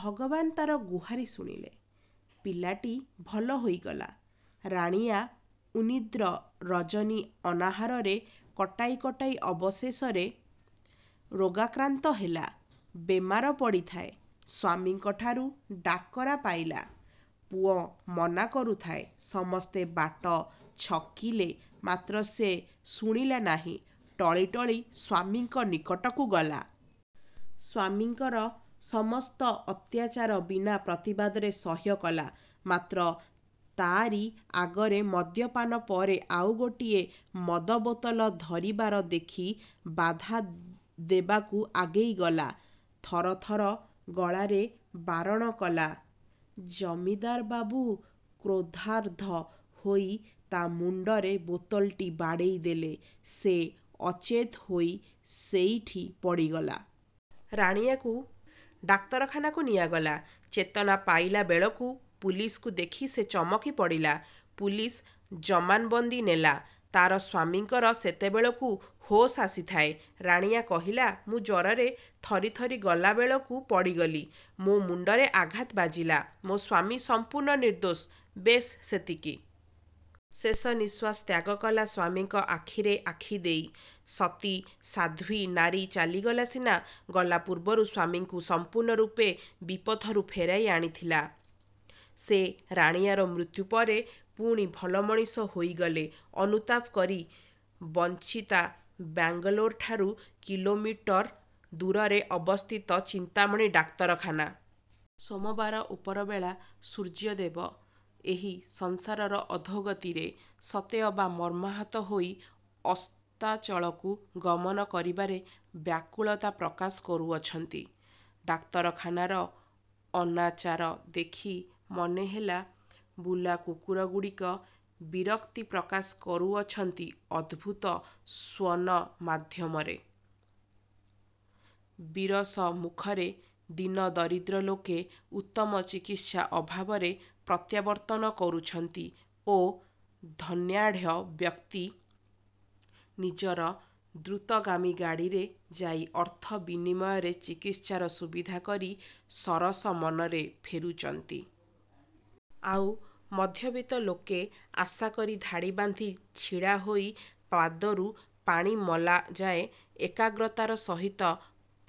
ଭଗବାନ ତାର ଗୁହାରୀ ଶୁଣିଲେ। ପିଲାଟି ଭଲ ହୋଇଗଲା। ରାଣୀଆ ଉନ୍ନିଦ୍ର ରଜନୀ ଅନାହାରରେ କଟାଇ କଟାଇ ଅବଶେଷରେ ରୋଗାକ୍ରାନ୍ତ ହେଲା। ବେମାର ପଡ଼ିଥାଏ। ସ୍ୱାମୀଙ୍କଠାରୁ ଡାକରା ପାଇଲା, ପୁଅ ମନା କରୁଥାଏ, ସମସ୍ତେ ବାଟ ଛକିଲେ ମାତ୍ର ସେ ଶୁଣିଲା ନାହିଁ। ଟଳି ଟଳି ସ୍ୱାମୀଙ୍କ ନିକଟକୁ ଗଲା। ସ୍ୱାମୀଙ୍କର ସମସ୍ତ ଅତ୍ୟାଚାର ବିନା ପ୍ରତିବାଦରେ ସହ୍ୟ କଲା। ମାତ୍ର ତାରି ଆଗରେ ମଦ୍ୟପାନ ପରେ ଆଉ ଗୋଟିଏ ମଦ ବୋତଲ ଧରିବାର ଦେଖି, ବାଧା ଦେବାକୁ ଆଗେଇ ଗଲା। ଥର ଥର ଗଳାରେ ବାରଣ କଲା। ଜମିଦାରବାବୁ କ୍ରୋଧାନ୍ଧ ହୋଇ ତା ମୁଣ୍ଡରେ ବୋତଲଟି ବାଡ଼େଇ ଦେଲେ, ସେ ଅଚେତ ହୋଇ ସେଇଠି ପଡ଼ିଗଲା। ରାଣୀଆକୁ ଡାକ୍ତରଖାନାକୁ ନିଆଗଲା। ଚେତନା ପାଇଲା ବେଳକୁ ପୁଲିସକୁ ଦେଖି ସେ ଚମକି ପଡ଼ିଲା। ପୁଲିସ ଜମାନବନ୍ଦୀ ନେଲା। ତାର ସ୍ୱାମୀଙ୍କର ସେତେବେଳକୁ ହୋସ ଆସିଥାଏ। ରାଣିଆ କହିଲା-ମୁଁ ଜ୍ୱରରେ ଥରି ଥରି ଗଲାବେଳକୁ ପଡ଼ିଗଲି। ମୋ ମୁଣ୍ଡରେ ଆଘାତ ବାଜିଲା। ମୋ ସ୍ୱାମୀ ସମ୍ପୂର୍ଣ୍ଣ ନିର୍ଦ୍ଦୋଷ, ବେଶ୍ ସେତିକି। ଶେଷ ନିଶ୍ୱାସ ତ୍ୟାଗ କଲା ସ୍ୱାମୀଙ୍କ ଆଖିରେ ଆଖି ଦେଇ। ସତୀ ସାଧ୍ୱୀ ନାରୀ ଚାଲିଗଲା ସିନା, ଗଲା ପୂର୍ବରୁ ସ୍ୱାମୀଙ୍କୁ ସମ୍ପୂର୍ଣ୍ଣ ରୂପେ ବିପଥରୁ ଫେରାଇ ଆଣିଥିଲା। ସେ ରାଣୀଆର ମୃତ୍ୟୁ ପରେ ପୁଣି ଭଲ ମଣିଷ ହୋଇଗଲେ ଅନୁତାପ କରି। ବଞ୍ଚିତା ବାଙ୍ଗାଲୋରଠାରୁ କିଲୋମିଟର ଦୂରରେ ଅବସ୍ଥିତ ଚିନ୍ତାମଣି ଡାକ୍ତରଖାନା। ସୋମବାର ଉପରବେଳା ସୂର୍ଯ୍ୟଦେବ ଏହି ସଂସାରର ଅଧୋଗତିରେ ସତେ ଅବା ମର୍ମାହତ ହୋଇ ଅସ୍ତାଚଳକୁ ଗମନ କରିବାରେ ବ୍ୟାକୁଳତା ପ୍ରକାଶ କରୁଅଛନ୍ତି। ଡାକ୍ତରଖାନାର ଅନାଚାର ଦେଖି ମନେହେଲା, ବୁଲାକୁକୁରଗୁଡ଼ିକ ବିରକ୍ତି ପ୍ରକାଶ କରୁଅଛନ୍ତି ଅଦ୍ଭୁତ ସ୍ୱନ ମାଧ୍ୟମରେ। ବିରସ ମୁଖରେ ଦୀନ ଦରିଦ୍ର ଲୋକେ ଉତ୍ତମ ଚିକତ୍ସା ଅଭାବରେ ପ୍ରତ୍ୟାବର୍ତ୍ତନ କରୁଛନ୍ତି ଓ ଧନାଢ଼୍ୟ ବ୍ୟକ୍ତି ନିଜର ଦ୍ରୁତଗାମୀ ଗାଡ଼ିରେ ଯାଇ ଅର୍ଥ ବିନିମୟରେ ଚିକିତ୍ସାର ସୁବିଧା କରି ସରସ ମନରେ ଫେରୁଚନ୍ତି। ଆଉ ମଧ୍ୟବିତ୍ତ ଲୋକେ ଆଶା କରି ଧାଡ଼ି ବାନ୍ଧି ଛିଡ଼ାହୋଇ ପାଦରୁ ପାଣି ମଲାଯାଏ ଏକାଗ୍ରତାର ସହିତ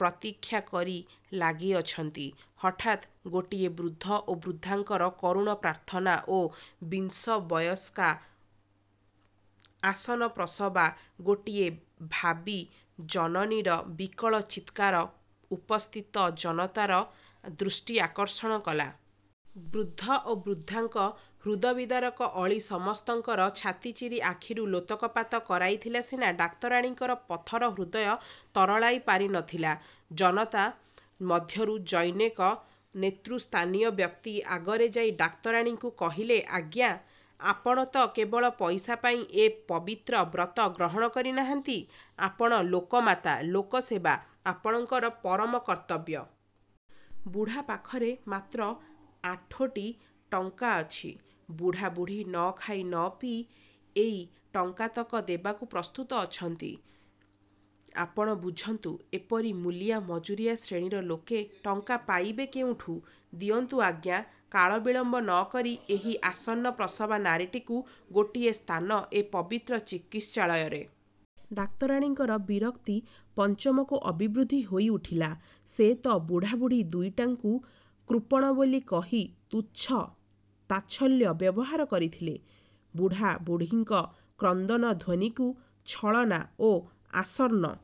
ପ୍ରତୀକ୍ଷା କରି ଲାଗିଅଛନ୍ତି। ହଠାତ୍ ଗୋଟିଏ ବୃଦ୍ଧ ଓ ବୃଦ୍ଧାଙ୍କର କରୁଣ ପ୍ରାର୍ଥନା ଓ ବିଂଶ ବୟସ୍କା ଆସନ୍ନପ୍ରସବା ଗୋଟିଏ ଭାବୀ ଜନନୀର ବିକଳ ଚିତ୍କାର ଉପସ୍ଥିତ ଜନତାର ଦୃଷ୍ଟି ଆକର୍ଷଣ କଲା। ବୃଦ୍ଧ ଓ ବୃଦ୍ଧାଙ୍କ ହୃଦବିଦାରକ ଅଳି ସମସ୍ତଙ୍କର ଛାତି ଚିରି ଆଖିରୁ ଲୋତକପାତ କରାଇଥିଲା ସିନା; ଡାକ୍ତରାଣୀଙ୍କର ପଥର ହୃଦୟ ତରଳାଇ ପାରି ନ ଥିଲା! ଜନତା ମଧ୍ୟରୁ ଜନୈକ ନେତୃସ୍ଥାନୀୟ ବ୍ୟକ୍ତି ଆଗରେ ଯାଇ ଡାକ୍ତରାଣୀଙ୍କୁ କହିଲେ- ଆଜ୍ଞା, ଆପଣ ତ କେବଳ ପଇସା ପାଇଁ ଏ ପବିତ୍ର ବ୍ରତ ଗ୍ରହଣ କରି ନାହାନ୍ତି, ଆପଣ ଲୋକମାତା, ଲୋକସେବା-ଆପଣଙ୍କର ପରମ କର୍ତ୍ତବ୍ୟ। ବୁଢ଼ା ପାଖରେ ମାତ୍ର ଆଠୋଟି ଟଙ୍କା ଅଛି। ବୁଢ଼ା ବୁଢ଼ୀ ନ ଖାଇ ନ ପିଇ ଏଇ ଟଙ୍କାତକ ଦେବାକୁ ପ୍ରସ୍ତୁତ ଅଛନ୍ତି। ଆପଣ ବୁଝନ୍ତୁ, ଏପରି ମୂଲିଆ ମଜୁରିଆ ଶ୍ରେଣୀର ଲୋକେ ଟଙ୍କା ପାଇବେ କେଉଁଠୁ? ଦିଅନ୍ତୁ ଆଜ୍ଞା, କାଳ ବିଳମ୍ବ ନ କରି ଏହି ଆସନ୍ନ ପ୍ରସବା ନାରୀଟିକୁ ଗୋଟିଏ ସ୍ଥାନ ଏ ପବିତ୍ର ଚିକିତ୍ସାଳୟରେ। ଡାକ୍ତରାଣୀଙ୍କର ବିରକ୍ତି ପଞ୍ଚମକୁ ଅଭିବୃଦ୍ଧି ହୋଇଉଠିଲା। ସେ ତ ବୁଢ଼ା ବୁଢ଼ୀ ଦୁଇଟାଙ୍କୁ କୃପଣ ବୋଲି କହି ତୁଚ୍ଛ ତାଚ୍ଛଲ୍ୟ ବ୍ୟବହାର କରିଥିଲେ। ବୁଢ଼ା ବୁଢ଼ୀଙ୍କ କ୍ରନ୍ଦନ ଧ୍ୱନିକୁ ଛଳନା ଓ ଆସନ୍ନ